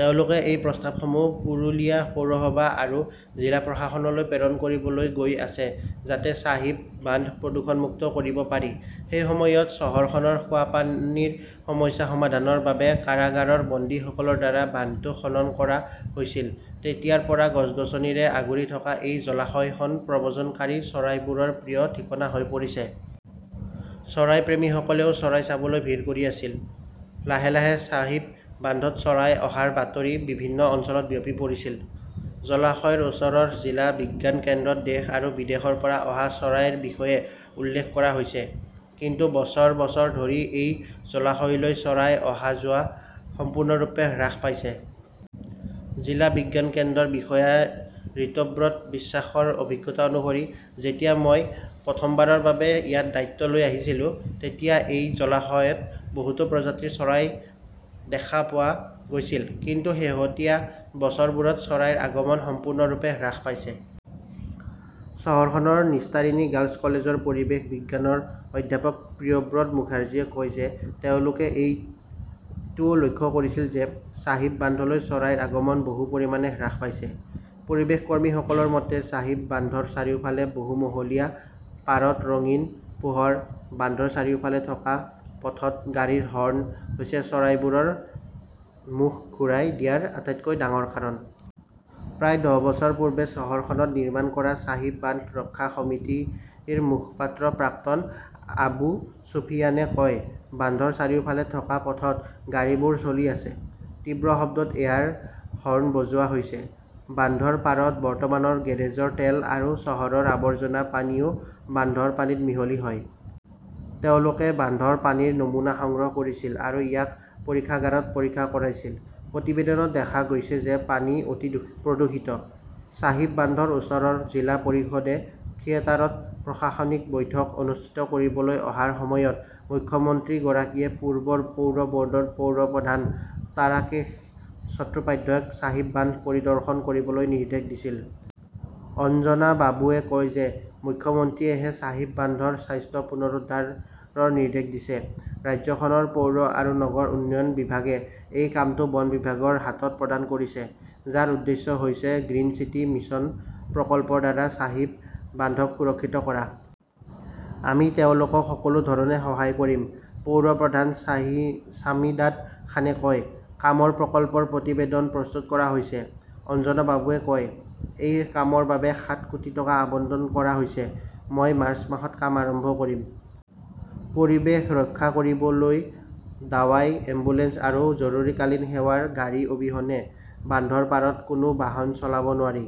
তেওঁলোকে এই প্ৰস্তাৱসমূহ পুৰুলিয়া পৌৰসভা আৰু জিলা প্ৰশাসনলৈ প্ৰেৰণ কৰিবলৈ গৈ আছে, যাতে চাহিব বান্ধ প্ৰদূষণমুক্ত কৰিব পাৰি। সেই সময়ত চহৰখনৰ খোৱাপানীৰ সমস্যা সমাধানৰ বাবে কাৰাগাৰৰ বন্দীসকলৰ দ্বাৰা বান্ধটো খনন কৰা হৈছিল। তেতিয়াৰ পৰা গছ-গছনিৰে আগুৰি থকা এই জলাশয়খন প্ৰব্ৰজনকাৰী চৰাইবোৰৰ প্ৰিয় ঠিকনা হৈ পৰিছে। চৰাইপ্ৰেমীসকলেও চৰাই চাবলৈ ভিৰ কৰি আছিল। লাহে লাহে চাহিব বান্ধত চৰাই অহাৰ বাতৰি বিভিন্ন অঞ্চলত বিয়পি পৰিছিল। জলাশয়ৰ ওচৰৰ জিলা বিজ্ঞান কেন্দ্ৰত দেশ আৰু বিদেশৰ পৰা অহা চৰাইৰ বিষয়ে উল্লেখ কৰা হৈছে। কিন্তু বছৰ বছৰ ধৰি এই জলাশয়লৈ চৰাইৰ অহা-যোৱা সম্পূৰ্ণৰূপে হ্ৰাস পাইছে। জিলা বিজ্ঞান কেন্দ্ৰৰ বিষয়া ৰিতব্ৰত বিশ্বাসৰ অভিজ্ঞতা অনুসৰি, "যেতিয়া মই প্ৰথমবাৰৰ বাবে ইয়াত দায়িত্ব লৈ আহিছিলো, তেতিয়াও এই জলাশয়ত বহুতো প্ৰজাতিৰ চৰাই দেখা পোৱা গৈছিল। কিন্তু শেহতীয়া বছৰবোৰত চৰাইৰ আগমন সম্পূৰ্ণৰূপে হ্ৰাস পাইছে"। চহৰখনৰ নিষ্টাৰিনী গাৰ্লছ কলেজৰ পৰিৱেশ বিজ্ঞানৰ অধ্যাপক প্ৰিয়ব্ৰত মুখাৰ্জীয়ে কয় যে তেওঁলোকে এইটোও লক্ষ্য কৰিছিল যে, চাহিব বান্ধলৈ চৰাইৰ আগমন বহু পৰিমাণে হ্ৰাস পাইছে। পৰিৱেশকৰ্মীসকলৰ মতে, চাহিব বান্ধৰ চাৰিওফালে বহু মহলীয়া, পাৰত ৰঙীন পোহৰ, বান্ধৰ চাৰিওফালে থকা পথত গাড়ীৰ হৰ্ণ হৈছে চৰাইবোৰৰ মুখ ঘূৰাই দিয়াৰ আটাইতকৈ ডাঙৰ কাৰণ। প্ৰায় দহ বছৰ পূৰ্বে চহৰখনত নিৰ্মাণ কৰা চাহিব বান্ধ ৰক্ষা সমিতিৰ মুখপাত্ৰ প্ৰাক্তন আবু চুফিয়ানে কয়, "বান্ধৰ চাৰিওফালে থকা পথত গাড়ীবোৰ চলি আছে। তীব্ৰ শব্দত এয়াৰ হৰ্ণ বজোৱা হৈছে। বান্ধৰ পাৰত বৰ্তমানৰ গেৰেজৰ তেল আৰু চহৰৰ আৱৰ্জনা পানীও বান্ধৰ পানীত মিহলি হয়"। তেওঁলোকে বান্ধৰ পানীৰ নমুনা সংগ্ৰহ কৰিছিল আৰু ইয়াক পৰীক্ষাগাৰত পৰীক্ষা কৰাইছিল। প্ৰতিবেদনত দেখা গৈছে যে, পানী অতি প্ৰদূষিত। চাহিব বান্ধৰ ওচৰৰ জিলা পৰিষদে থিয়েটাৰত প্ৰশাসনিক বৈঠক অনুষ্ঠিত কৰিবলৈ অহাৰ সময়ত মুখ্যমন্ত্ৰীগৰাকীয়ে পূৰ্বৰ পৌৰ বৰ্ডৰ পৌৰপ্ৰধান তাৰাকেশ চট্টোপাধ্যায়ক চাহিব বান্ধ পৰিদৰ্শন কৰিবলৈ নিৰ্দেশ দিছিল। অঞ্জনা বাবুৱে কয় যে, মুখ্যমন্ত্ৰীয়েহে চাহিব বান্ধৰ স্বাস্থ্য পুনৰুদ্ধাৰৰ নিৰ্দেশ দিছে। ৰাজ্যখনৰ পৌৰ আৰু নগৰ উন্নয়ন বিভাগে এই কামটো বন বিভাগৰ হাতত প্ৰদান কৰিছে, যাৰ উদ্দেশ্য হৈছে গ্ৰীণ চিটি মিছন প্ৰকল্পৰ দ্বাৰা চাহিব বান্ধক সুৰক্ষিত কৰা । "আমি তেওঁলোকক সকলো ধৰণে সহায় কৰিম", পৌৰপ্ৰধান ছামিদাদ খানে কয়। "কামৰ প্ৰকল্পৰ প্ৰতিবেদন প্ৰস্তুত কৰা হৈছে", অঞ্জনা বাবুৱে কয়। এই কামৰ বাবে সাত কোটি টকা আবণ্টন কৰা হৈছে। মই মাৰ্চ মাহত কাম আৰম্ভ কৰিম। "পৰিৱেশ ৰক্ষা কৰিবলৈ দাৱাই; এম্বুলেন্স আৰু জৰুৰীকালীন সেৱাৰ গাড়ী অবিহনে বান্ধৰ পাৰত কোনো বাহন চলাব নোৱাৰি।